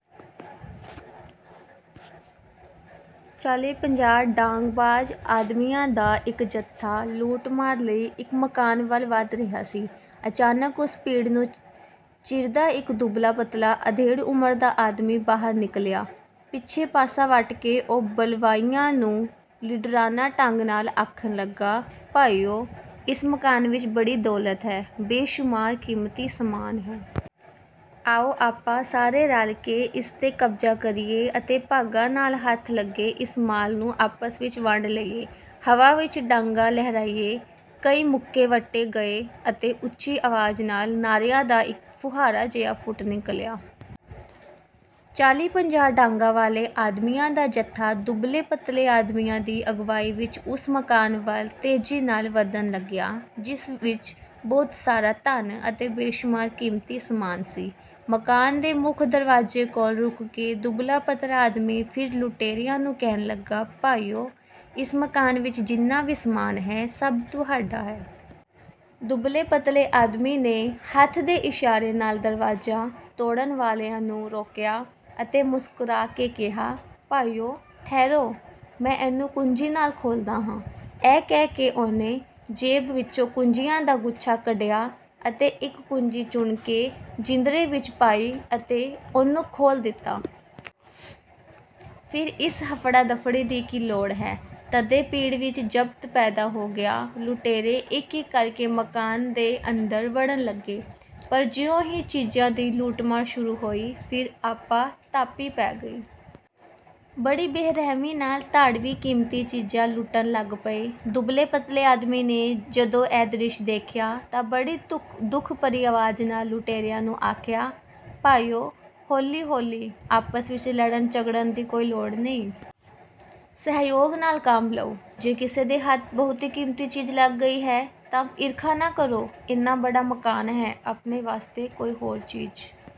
ਚਾਲੀ ਪੰਜਾਹ ਡਾਂਗਬਾਜ਼ ਆਦਮੀਆਂ ਦਾ ਇਕ ਜੱਥਾ ਲੁੱਟਮਾਰ ਲਈ ਇਕ ਮਕਾਨ ਵੱਲ ਵਧ ਰਿਹਾ ਸੀ। ਅਚਾਨਕ ਉਸ ਭੀੜ ਨੂੰ ਚੀਰਦਾ ਇਕ ਦੁਬਲਾ-ਪਤਲਾ ਅਧੇੜ ਉਮਰ ਦਾ ਆਦਮੀ ਬਾਹਰ ਨਿਕਲਿਆ। ਪਿੱਛੇ ਪਾਸਾ ਵੱਟ ਕੇ ਉਹ ਬਲਵਾਈਆਂ ਨੂੰ ਲੀਡਰਾਨਾ ਢੰਗ ਨਾਲ ਆਖਣ ਲੱਗਾ, “ਭਾਈਓ, ਇਸ ਮਕਾਨ ਵਿਚ ਬੜੀ ਦੌਲਤ ਹੈ, ਬੇਸ਼ੁਮਾਰ ਕੀਮਤੀ ਸਮਾਨ ਹੈ। ਆਓ ਆਪਾਂ ਸਾਰੇ ਰਲ ਕੇ ਇਸ ਤੇ ਕਬਜ਼ਾ ਕਰੀਏ ਅਤੇ ਭਾਗਾਂ ਨਾਲ ਹੱਥ ਲੱਗੇ ਇਸ ਮਾਲ ਨੂੰ ਆਪਸ ਵਿਚ ਵੰਡ ਲਈਏ।” ਹਵਾ ਵਿਚ ਡਾਂਗਾਂ ਲਹਿਰਾਈਆਂ, ਕਈ ਮੁੱਕੇ ਵੱਟੇ ਗਏ ਅਤੇ ਉੱਚੀ ਆਵਾਜ਼ ਨਾਲ ਨਾਰ੍ਹਿਆਂ ਦਾ ਇਕ ਫੁਹਾਰਾ ਜਿਹਾ ਫੁੱਟ ਨਿਕਲਿਆ। ਚਾਲੀ ਪੰਜਾਹ ਡਾਂਗਾਂ ਵਾਲੇ ਆਦਮੀਆਂ ਦਾ ਜੱਥਾ ਦੁਬਲੇ-ਪਤਲੇ ਆਦਮੀ ਦੀ ਅਗਵਾਈ ਵਿਚ ਉਸ ਮਕਾਨ ਵੱਲ ਤੇਜ਼ੀ ਨਾਲ ਵਧਣ ਲੱਗਿਆ, ਜਿਸ ਵਿਚ ਬਹੁਤ ਸਾਰਾ ਧਨ ਅਤੇ ਬੇਸ਼ੁਮਾਰ ਕੀਮਤੀ ਸਮਾਨ ਸੀ। ਮਕਾਨ ਦੇ ਮੁੱਖ ਦਰਵਾਜੇ ਕੋਲ ਰੁਕ ਕੇ ਦੁਬਲਾ-ਪਤਲਾ ਆਦਮੀ ਫਿਰ ਲੁਟੇਰਿਆਂ ਨੂੰ ਕਹਿਣ ਲੱਗਾ, “ਭਾਈਓ, ਇਸ ਮਕਾਨ ਵਿਚ ਜਿੰਨਾ ਵੀ ਸਮਾਨ ਹੈ, ਸਭ ਤੁਹਾਡਾ ਹੈ। ਦੁਬਲੇ-ਪਤਲੇ ਆਦਮੀ ਨੇ ਹੱਥ ਦੇ ਇਸ਼ਾਰੇ ਨਾਲ ਦਰਵਾਜਾ ਤੋੜਨ ਵਾਲਿਆਂ ਨੂੰ ਰੋਕਿਆ ਅਤੇ ਮੁਸਕਰਾ ਕੇ ਕਿਹਾ, “ਭਾਈਓ, ਠਹਿਰੋ। ਮੈਂ ਇਹਨੂੰ ਕੁੰਜੀ ਨਾਲ ਖੋਲ੍ਹਦਾ ਹਾਂ।” ਇਹ ਕਹਿ ਕੇ ਉਹਨੇ ਜੇਬ ਵਿਚੋਂ ਕੁੰਜੀਆਂ ਦਾ ਗੁੱਛਾ ਕੱਢਿਆ ਅਤੇ ਇਕ ਕੁੰਜੀ ਚੁਣ ਕੇ ਜਿੰਦਰੇ ਵਿਚ ਪਾਈ ਅਤੇ ਉਹਨੂੰ ਖੋਲ੍ਹ ਦਿੱਤਾ। ਫਿਰ ਇਸ ਹਫੜਾ-ਦਫੜੀ ਦੀ ਕੀ ਲੋੜ ਹੈ?” ਤਦੇ ਭੀੜ ਵਿਚ ਜ਼ਬਤ ਪੈਦਾ ਹੋ ਗਿਆ। ਲੁਟੇਰੇ ਇਕ-ਇਕ ਕਰਕੇ ਮਕਾਨ ਦੇ ਅੰਦਰ ਵੜਨ ਲੱਗੇ, ਪਰ ਜਿਉਂ ਹੀ ਚੀਜ਼ਾਂ ਦੀ ਲੁੱਟਮਾਰ ਸ਼ੁਰੂ ਹੋਈ, ਫਿਰ ਆਪਾ ਧਾਪੀ ਪੈ ਗਈ। ਬੜੀ ਬੇਰਹਿਮੀ ਨਾਲ ਧਾੜਵੀ ਕੀਮਤੀ ਚੀਜ਼ਾਂ ਲੁੱਟਣ ਲੱਗ ਪਏ। ਦੁਬਲੇ-ਪਤਲੇ ਆਦਮੀ ਨੇ ਜਦੋਂ ਇਹ ਦ੍ਰਿਸ਼ ਦੇਖਿਆ ਤਾਂ ਬੜੀ ਦੁੱਖ ਭਰੀ ਆਵਾਜ਼ ਨਾਲ ਲੁਟੇਰਿਆਂ ਨੂੰ ਆਖਿਆ, ਭਾਈਓ, ਹੌਲੀ ਹੌਲੀ। ਆਪਸ ਵਿਚ ਲੜਨ-ਝਗੜਨ ਦੀ ਕੋਈ ਲੋੜ ਨਹੀਂ। ਸਹਿਯੋਗ ਨਾਲ ਕੰਮ ਲਓ। ਜੇ ਕਿਸੇ ਦੇ ਹੱਥ ਬਹੁਤੀ ਕੀਮਤੀ ਚੀਜ਼ ਲੱਗ ਗਈ ਹੈ ਤਾਂ ਈਰਖਾ ਨਾ ਕਰੋ। ਏਨਾ ਬੜਾ ਮਕਾਨ ਹੈ, ਆਪਣੇ ਵਾਸਤੇ ਕੋਈ ਹੋਰ ਚੀਜ਼